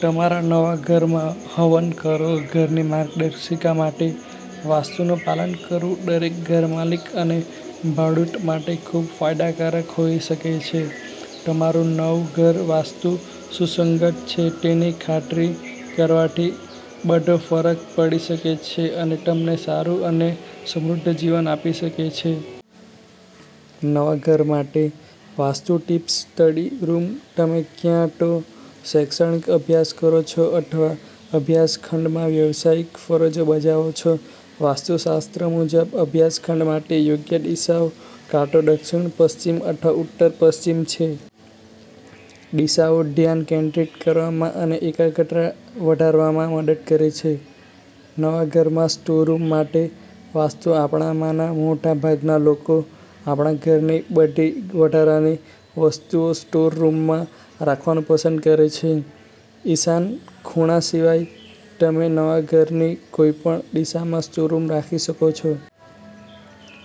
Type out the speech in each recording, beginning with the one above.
તમારા નવા ઘરમાં હવન કરો ઘરની માર્ગદર્શિકા માટે વાસ્તુનું પાલન કરવું દરેક ઘરમાલિક અને ભાડૂત માટે ખૂબ ફાયદાકારક હોઈ શકે છે. તમારું નવું ઘર વાસ્તુ સુસંગત છે તેની ખાતરી કરવાથી બધોફરક પડી શકે છે અને તમને સારું અને સમૃદ્ધ જીવન આપી શકે છે! નવા ઘર માટે વાસ્તુ ટિપ્સસ્ટડી રૂમ તમે ક્યાં તો શૈક્ષણિક અભ્યાસ કરો છો અથવા અભ્યાસ ખંડમાં વ્યાવસાયિક ફરજો બજાવો છો. વાસ્તુશાસ્ત્ર મુજબ, અભ્યાસ ખંડ માટે યોગ્ય દિશાઓ કાં તો દક્ષિણ પશ્ચિમ અથવા ઉત્તર પશ્ચિમ છે. દિશાઓ ધ્યાન કેન્દ્રિત કરવામાં અને એકાગ્રતા વધારવામાં મદદ કરે છે. નવા ઘરમાં સ્ટોર રૂમ માટે વાસ્તુ આપણામાંના મોટા ભાગના લોકો આપણા ઘરની બધી વધારાની વસ્તુઓ સ્ટોર રૂમમાં રાખવાનું પસંદ કરે છે. ઈશાન ખૂણા સિવાય તમે નવા ઘરની કોઈપણ દિશામાં સ્ટોર રૂમ રાખી શકો છો.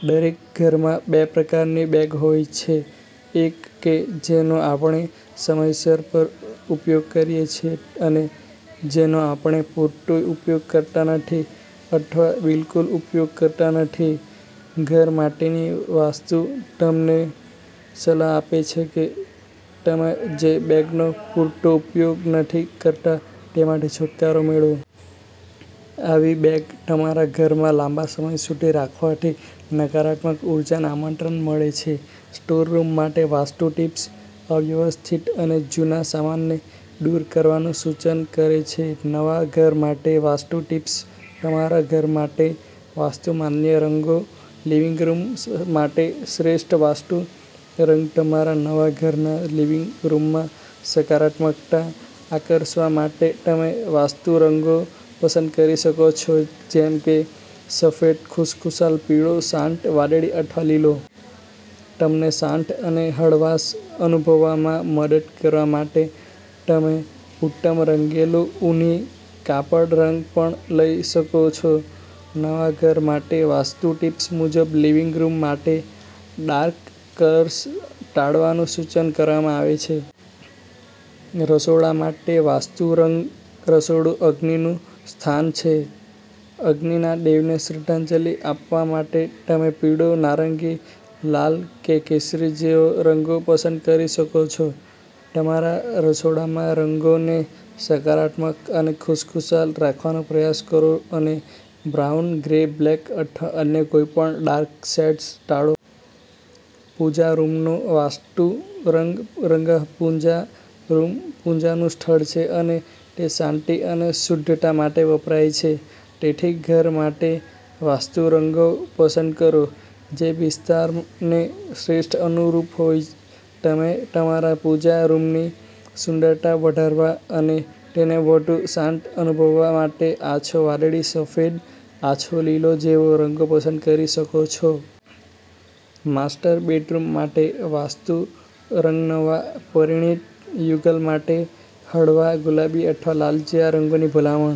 દરેક ઘરમાં બે પ્રકારની બેગ હોય છેએક કે જેનો આપણે સમય સમય પર ઉપયોગ કરીએ છીએ અને જેનો આપણે પૂરતો ઉપયોગ કરતા નથી અથવા બિલકુલ ઉપયોગ કરતા નથી. ઘર માટેની વાસ્તુ તમને સલાહ આપે છે કે તમે જે બેગનો પૂરતો ઉપયોગ નથી કરતા તેમાંથી છૂટકારો મેળવો. આવી બેગ તમારા ઘરમાં લાંબા સમય સુધી રાખવાથી નકારાત્મક ઉર્જાને આમંત્રણ મળે છે. સ્ટોર રૂમ માટે વાસ્તુ ટિપ્સ અવ્યવસ્થિત અને જૂના સામાનને દૂર કરવાનું સૂચન કરે છે નવા ઘર માટે વાસ્તુ ટિપ્સતમારા ઘર માટે વાસ્તુ માન્ય રંગો લિવિંગ રૂમ માટે શ્રેષ્ઠ વાસ્તુ રંગતમારા નવા ઘરના લિવિંગ રૂમમાં સકારાત્મકતા આકર્ષવા માટે તમે વાસ્તુ રંગો પસંદ કરી શકો છો જેમ કે સફેદ, ખુશખુશાલ પીળો, શાંત વાદળી અથવા લીલો. તમને શાંત અને હળવાશ અનુભવવામાં મદદ કરવા માટે તમે ઉત્તમરંગેલું ઊની કાપડ રંગ પણ લઈ શકો છો. નવા ઘર માટે વાસ્તુ ટિપ્સ મુજબ, લિવિંગ રૂમ માટે ડાર્ક કલર્સ ટાળવાનું સૂચન કરવામાં આવે છે. રસોડા માટે વાસ્તુ રંગરસોડું અગ્નિનું સ્થાન છે, અને અગ્નિના દેવને શ્રદ્ધાંજલિ આપવા માટે તમે પીળો, નારંગી, લાલ કે કેસરી જેવા રંગો પસંદ કરી શકો છો. તમારા રસોડામાં રંગોને સકારાત્મક અને ખુશખુશાલ રાખવાનો પ્રયાસ કરો અને બ્રાઉન, ગ્રે, બ્લેક અથવા અન્ય કોઈપણ ડાર્ક શેડ્સ ટાળો. પૂજા રૂમનો વાસ્તુ રંગ:પૂજા રૂમ પૂજાનું સ્થળ છે અને તે શાંતિ અને શુદ્ધતા માટે વપરાય છે, તેથી ઘર માટે વાસ્તુ રંગો પસંદ કરો જેવિસ્તારને શ્રેષ્ઠ અનુરૂપ હોય. તમે તમારા પૂજા રૂમની સુંદરતા વધારવા અને તેને વધુ શાંત અનુભવવા માટે આછો વાદળી, સફેદ, આછો લીલો જેવા રંગો પસંદ કરી શકો છો. માસ્ટર બેડરૂમ માટે વાસ્તુ રંગનવા પરિણીત યુગલ માટે હળવા ગુલાબી અથવા લાલ જેવા રંગોની ભલામણ